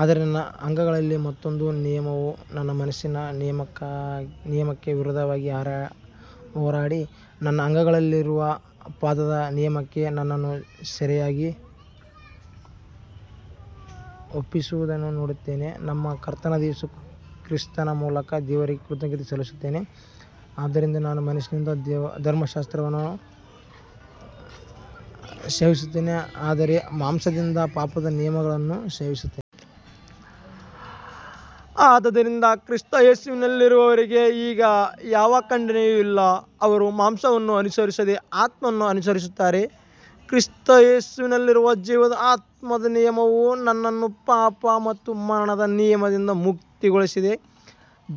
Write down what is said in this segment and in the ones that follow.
ಆದರೆ ನನ್ನ ಅಂಗಗಳಲ್ಲಿ ಮತ್ತೊಂದು ನಿಯಮವು ನನ್ನ ಮನಸ್ಸಿನ ನಿಯಮಕ್ಕೆ ವಿರುದ್ಧವಾಗಿ ಹೋರಾಡಿ, ನನ್ನ ಅಂಗಗಳಲ್ಲಿರುವ ಪಾಪದ ನಿಯಮಕ್ಕೆ ನನ್ನನ್ನು ಸೆರೆಯಾಗಿ ಒಪ್ಪಿಸುವುದನ್ನು ನೋಡುತ್ತೇನೆ. ನಮ್ಮ ಕರ್ತನಾದ ಯೇಸು ಕ್ರಿಸ್ತನ ಮೂಲಕ ದೇವರಿಗೆ ಕೃತಜ್ಞತೆ ಸಲ್ಲಿಸುತ್ತೇನೆ. ಆದ್ದರಿಂದ ನಾನು ಮನಸ್ಸಿನಿಂದ ದೇವರ ಧರ್ಮಶಾಸ್ತ್ರವನ್ನು ಸೇವಿಸುತ್ತೇನೆ, ಆದರೆ ಮಾಂಸದಿಂದ ಪಾಪದ ನಿಯಮವನ್ನು ಸೇವಿಸುತ್ತೇನೆ. ಆದುದರಿಂದ ಕ್ರಿಸ್ತ ಯೇಸುವಿನಲ್ಲಿರುವವರಿಗೆ ಈಗ ಯಾವ ಖಂಡನೆಯೂ ಇಲ್ಲ, ಅವರು ಮಾಂಸವನ್ನು ಅನುಸರಿಸದೆ ಆತ್ಮವನ್ನು ಅನುಸರಿಸುತ್ತಾರೆ. ಕ್ರಿಸ್ತ ಯೇಸುವಿನಲ್ಲಿರುವ ಜೀವದ ಆತ್ಮದ ನಿಯಮವು ನನ್ನನ್ನು ಪಾಪ ಮತ್ತು ಮರಣದ ನಿಯಮದಿಂದ ಮುಕ್ತಗೊಳಿಸಿದೆ.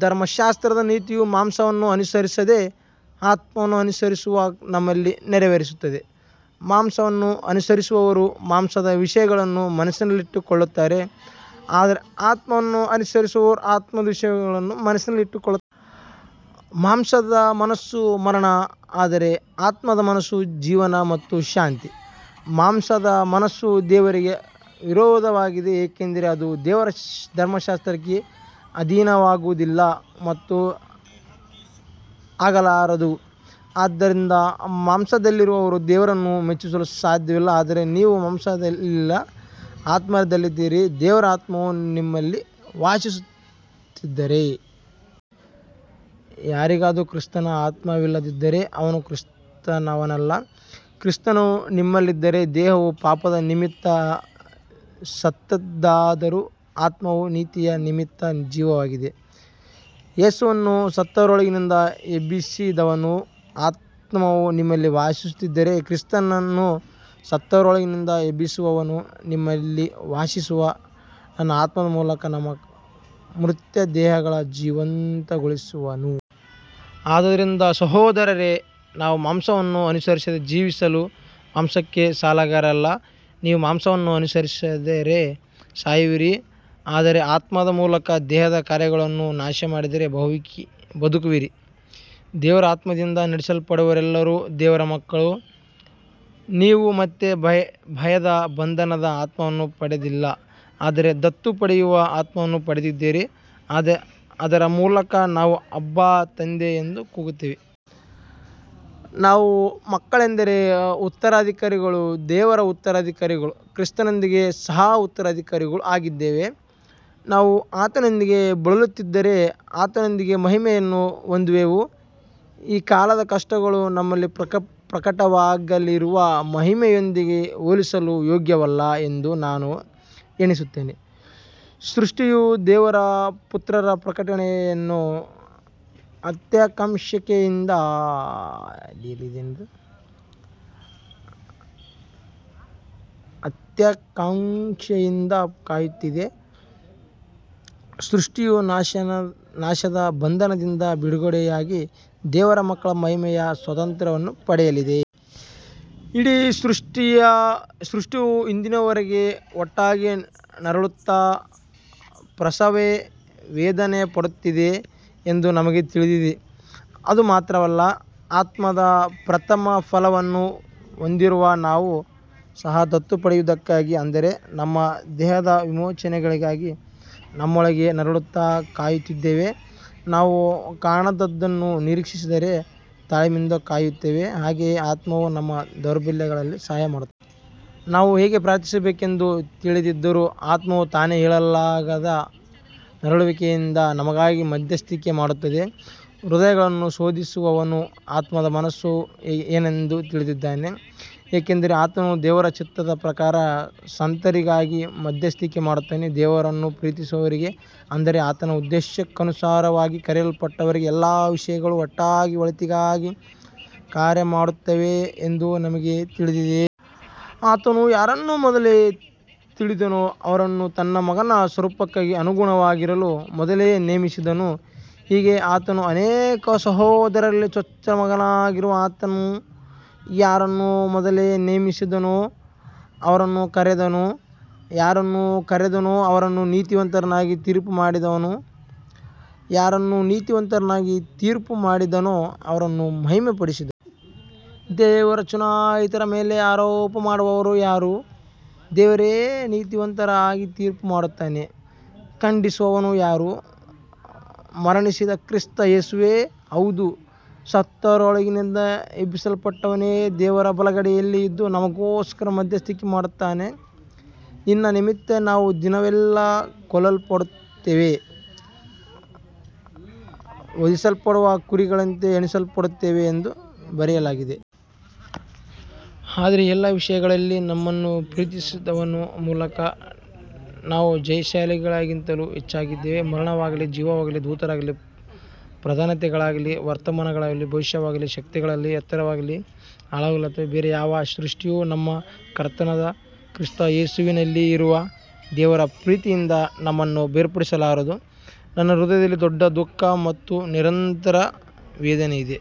ಧರ್ಮಶಾಸ್ತ್ರದ ನೀತಿಯು ಮಾಂಸವನ್ನು ಅನುಸರಿಸದೆ ಆತ್ಮವನ್ನು ಅನುಸರಿಸುವ ನಮ್ಮಲ್ಲಿ ನೆರವೇರುತ್ತದೆ. ಮಾಂಸವನ್ನು ಅನುಸರಿಸುವವರು ಮಾಂಸದ ವಿಷಯಗಳನ್ನು ಮನಸ್ಸಿನಲ್ಲಿಟ್ಟುಕೊಳ್ಳುತ್ತಾರೆ, ಆದರೆ ಆತ್ಮವನ್ನು ಅನುಸರಿಸುವವರು ಆತ್ಮದ ವಿಷಯಗಳನ್ನು ಮನಸ್ಸಿನಲ್ಲಿಟ್ಟುಕೊಳ್ಳುತ್ತಾರೆ. ಮಾಂಸದ ಮನಸ್ಸು ಮರಣ, ಆದರೆ ಆತ್ಮದ ಮನಸ್ಸು ಜೀವನ ಮತ್ತು ಶಾಂತಿ. ಮಾಂಸದ ಮನಸ್ಸು ದೇವರಿಗೆ ವಿರೋಧವಾಗಿದೆ, ಏಕೆಂದರೆ ಅದು ದೇವರ ಧರ್ಮಶಾಸ್ತ್ರಕ್ಕೆ ಅಧೀನವಾಗುವುದಿಲ್ಲ ಮತ್ತು ಆಗಲಾರದು. ಆದ್ದರಿಂದ ಮಾಂಸದಲ್ಲಿರುವವರು ದೇವರನ್ನು ಮೆಚ್ಚಿಸಲು ಸಾಧ್ಯವಿಲ್ಲ. ಆದರೆ ನೀವು ಮಾಂಸದಲ್ಲಿಲ್ಲ, ಆತ್ಮದಲ್ಲಿದ್ದೀರಿ, ದೇವರ ಆತ್ಮವು ನಿಮ್ಮಲ್ಲಿ ವಾಸಿಸುತ್ತಿದ್ದರೆ. ಯಾರಿಗಾದರೂ ಕ್ರಿಸ್ತನ ಆತ್ಮವಿಲ್ಲದಿದ್ದರೆ ಅವನು ಕ್ರಿಸ್ತನವನಲ್ಲ. ಕ್ರಿಸ್ತನು ನಿಮ್ಮಲ್ಲಿದ್ದರೆ ದೇಹವು ಪಾಪದ ನಿಮಿತ್ತ ಸತ್ತದ್ದಾದರೂ ಆತ್ಮವು ನೀತಿಯ ನಿಮಿತ್ತ ಜೀವವಾಗಿದೆ. ಯೇಸುವನ್ನು ಸತ್ತವರೊಳಗಿಂದ ಎಬ್ಬಿಸಿದವನ ಆತ್ಮವು ನಿಮ್ಮಲ್ಲಿ ವಾಸಿಸುತ್ತಿದ್ದರೆ, ಕ್ರಿಸ್ತನನ್ನು ಸತ್ತವರೊಳಗಿಂದ ಎಬ್ಬಿಸಿದವನು ನಿಮ್ಮಲ್ಲಿ ವಾಸಿಸುವ ತನ್ನ ಆತ್ಮದ ಮೂಲಕ ನಿಮ್ಮ ಮರ್ತ್ಯ ದೇಹಗಳನ್ನೂ ಜೀವಂತಗೊಳಿಸುವನು. ಆದುದರಿಂದ ಸಹೋದರರೇ, ನಾವು ಮಾಂಸವನ್ನು ಅನುಸರಿಸಿ ಜೀವಿಸಲು ಮಾಂಸಕ್ಕೆ ಸಾಲಗಾರರಲ್ಲ. ನೀವು ಮಾಂಸವನ್ನು ಅನುಸರಿಸಿದರೆ ಸಾಯುವಿರಿ, ಆದರೆ ಆತ್ಮದ ಮೂಲಕ ದೇಹದ ಕಾರ್ಯಗಳನ್ನು ನಾಶಮಾಡಿದರೆ ಬದುಕುವಿರಿ. ದೇವರ ಆತ್ಮದಿಂದ ನಡೆಸಲ್ಪಡುವವರೆಲ್ಲರೂ ದೇವರ ಮಕ್ಕಳು. ನೀವು ಮತ್ತೆ ಭಯದ ಬಂಧನದ ಆತ್ಮವನ್ನು ಪಡೆದಿಲ್ಲ, ಆದರೆ ದತ್ತು ಪಡೆಯುವ ಆತ್ಮವನ್ನು ಪಡೆದಿದ್ದೀರಿ, ಅದರ ಮೂಲಕ ನಾವು ಅಬ್ಬಾ, ತಂದೆ ಎಂದು ಕೂಗುತ್ತೇವೆ. ನಾವು ಮಕ್ಕಳೆಂದರೆ ಉತ್ತರಾಧಿಕಾರಿಗಳೂ ದೇವರ ಉತ್ತರಾಧಿಕಾರಿಗಳೂ ಕ್ರಿಸ್ತನೊಂದಿಗೆ ಸಹಉತ್ತರಾಧಿಕಾರಿಗಳೂ ಆಗಿದ್ದೇವೆ. ನಾವು ಆತನೊಂದಿಗೆ ಬಳಲುತ್ತಿದ್ದರೆ ಆತನೊಂದಿಗೆ ಮಹಿಮೆಯನ್ನು ಹೊಂದುವೆವು. ಈ ಕಾಲದ ಕಷ್ಟಗಳು ನಮ್ಮಲ್ಲಿ ಪ್ರಕಟವಾಗಲಿರುವ ಮಹಿಮೆಯೊಂದಿಗೆ ಹೋಲಿಸಲು ಯೋಗ್ಯವಲ್ಲ ಎಂದು ನಾನು ಎಣಿಸುತ್ತೇನೆ. ಸೃಷ್ಟಿಯು ದೇವರ ಪುತ್ರರ ಪ್ರಕಟಣೆಯನ್ನು ಅತ್ಯಾಕಾಂಕ್ಷೆಯಿಂದ ಕಾಯುತ್ತಿದೆ. ಸೃಷ್ಟಿಯೂ ನಾಶದ ಬಂಧನದಿಂದ ಬಿಡುಗಡೆಯಾಗಿ ದೇವರ ಮಕ್ಕಳ ಮಹಿಮೆಯ ಸ್ವಾತಂತ್ರ್ಯವನ್ನು ಪಡೆಯಲಿದೆ. ಇಡೀ ಸೃಷ್ಟಿಯು ಇಂದಿನವರೆಗೆ ಒಟ್ಟಾಗಿ ನರಳುತ್ತಾ ಪ್ರಸವವೇದನೆಪಡುತ್ತಿದೆ ಎಂದು ನಮಗೆ ತಿಳಿದಿದೆ. ಅದು ಮಾತ್ರವಲ್ಲ, ಆತ್ಮದ ಪ್ರಥಮಫಲವನ್ನು ಹೊಂದಿರುವ ನಾವೂ ಸಹ ದತ್ತು ಪಡೆಯುವುದಕ್ಕಾಗಿ, ಅಂದರೆ ನಮ್ಮ ದೇಹದ ವಿಮೋಚನೆಗಾಗಿ, ನಮ್ಮೊಳಗೆ ನರಳುತ್ತಾ ಕಾಯುತ್ತಿದ್ದೇವೆ. ನಾವು ಕಾಣದದ್ದನ್ನು ನಿರೀಕ್ಷಿಸಿದರೆ ತಾಳ್ಮೆಯಿಂದ ಕಾಯುತ್ತೇವೆ. ಹಾಗೆಯೇ ಆತ್ಮವು ನಮ್ಮ ದೌರ್ಬಲ್ಯಗಳಲ್ಲಿ ಸಹಾಯಮಾಡುತ್ತದೆ. ನಾವು ಹೇಗೆ ಪ್ರಾರ್ಥಿಸಬೇಕೆಂದು ತಿಳಿಯದಿದ್ದರೂ ಆತ್ಮವು ತಾನೇ ಹೇಳಲಾಗದ ನರಳುವಿಕೆಗಳಿಂದ ನಮಗಾಗಿ ಮಧ್ಯಸ್ಥಿಕೆ ಮಾಡುತ್ತದೆ. ಹೃದಯಗಳನ್ನು ಶೋಧಿಸುವವನು ಆತ್ಮದ ಮನಸ್ಸು ಏನೆಂದು ತಿಳಿದಿದ್ದಾನೆ, ಏಕೆಂದರೆ ಆತನು ದೇವರ ಚಿತ್ತದ ಪ್ರಕಾರ ಸಂತರಿಗಾಗಿ ಮಧ್ಯಸ್ಥಿಕೆ ಮಾಡುತ್ತಾನೆ. ದೇವರನ್ನು ಪ್ರೀತಿಸುವವರಿಗೆ, ಅಂದರೆ ಆತನ ಉದ್ದೇಶಕ್ಕನುಸಾರವಾಗಿ ಕರೆಯಲ್ಪಟ್ಟವರಿಗೆ, ಎಲ್ಲಾ ವಿಷಯಗಳು ಒಟ್ಟಾಗಿ ಒಳಿತಿಗಾಗಿ ಕಾರ್ಯಮಾಡುತ್ತವೆ ಎಂದು ನಮಗೆ ತಿಳಿದಿದೆ. ಆತನು ಯಾರನ್ನು ಮೊದಲೇ ತಿಳಿದನೋ ಅವರನ್ನು ತನ್ನ ಮಗನ ಸ್ವರೂಪಕ್ಕೆ ಅನುಗುಣವಾಗಿರಲು ಮೊದಲೇ ನೇಮಿಸಿದನು, ಹೀಗೆ ಆತನು ಅನೇಕ ಸಹೋದರರಲ್ಲಿ ಚೊಚ್ಚಲ ಮಗನಾಗಿರುವನು. ಆತನು ಯಾರನ್ನು ಮೊದಲೇ ನೇಮಿಸಿದನೋ ಅವರನ್ನು ಕರೆದನು, ಯಾರನ್ನು ಕರೆದನೋ ಅವರನ್ನು ನೀತಿವಂತರಾಗಿ ತೀರ್ಪುಮಾಡಿದನು, ಯಾರನ್ನು ನೀತಿವಂತರಾಗಿ ತೀರ್ಪುಮಾಡಿದನೋ ಅವರನ್ನು ಮಹಿಮೆಪಡಿಸಿದನು. ದೇವರ ಚುನಾಯಿತರ ಮೇಲೆ ಆರೋಪ ಮಾಡುವವರು ಯಾರು. ದೇವರೇ ನೀತಿವಂತರಾಗಿ ತೀರ್ಪುಮಾಡುತ್ತಾನೆ. ಖಂಡಿಸುವವನು ಯಾರು. ಮರಣಿಸಿದ ಕ್ರಿಸ್ತ ಯೇಸುವೇ, ಹೌದು, ಸತ್ತವರೊಳಗಿಂದ ಎಬ್ಬಿಸಲ್ಪಟ್ಟವನೇ ದೇವರ ಬಲಗಡೆಯಲ್ಲಿ ಇದ್ದು ನಮಗೋಸ್ಕರ ಮಧ್ಯಸ್ಥಿಕೆ ಮಾಡುತ್ತಾನೆ. ನಿನ್ನ ನಿಮಿತ್ತ ನಾವು ದಿನವೆಲ್ಲಾ ಕೊಲ್ಲಲ್ಪಡುತ್ತೇವೆ, ವಧಿಸಲ್ಪಡುವ ಕುರಿಗಳಂತೆ ಎಣಿಸಲ್ಪಡುತ್ತೇವೆ ಎಂದು ಬರೆಯಲಾಗಿದೆ. ಆದರೆ ಈ ಎಲ್ಲ ವಿಷಯಗಳಲ್ಲಿ ನಮ್ಮನ್ನು ಪ್ರೀತಿಸಿದವನ ಮೂಲಕ ನಾವು ಜಯಶಾಲಿಗಳಿಗಿಂತಲೂ ಹೆಚ್ಚಾಗಿದ್ದೇವೆ. ಮರಣವಾಗಲಿ, ಜೀವವಾಗಲಿ, ದೂತರಾಗಲಿ, ಪ್ರಧಾನತೆಗಳಾಗಲಿ, ವರ್ತಮಾನವಾಗಲಿ, ಭವಿಷ್ಯವಾಗಲಿ, ಶಕ್ತಿಗಳಾಗಲಿ, ಎತ್ತರವಾಗಲಿ, ಆಳವಾಗಲಿ ಅಥವಾ ಬೇರೆ ಯಾವ ಸೃಷ್ಟಿಯೂ ನಮ್ಮ ಕರ್ತನಾದ ಕ್ರಿಸ್ತ ಯೇಸುವಿನಲ್ಲಿ ಇರುವ ದೇವರ ಪ್ರೀತಿಯಿಂದ ನಮ್ಮನ್ನು ಬೇರ್ಪಡಿಸಲಾರದು. ನನ್ನ ಹೃದಯದಲ್ಲಿ ದೊಡ್ಡ ದುಃಖ ಮತ್ತು ನಿರಂತರ ವೇದನೆಯಿದೆ.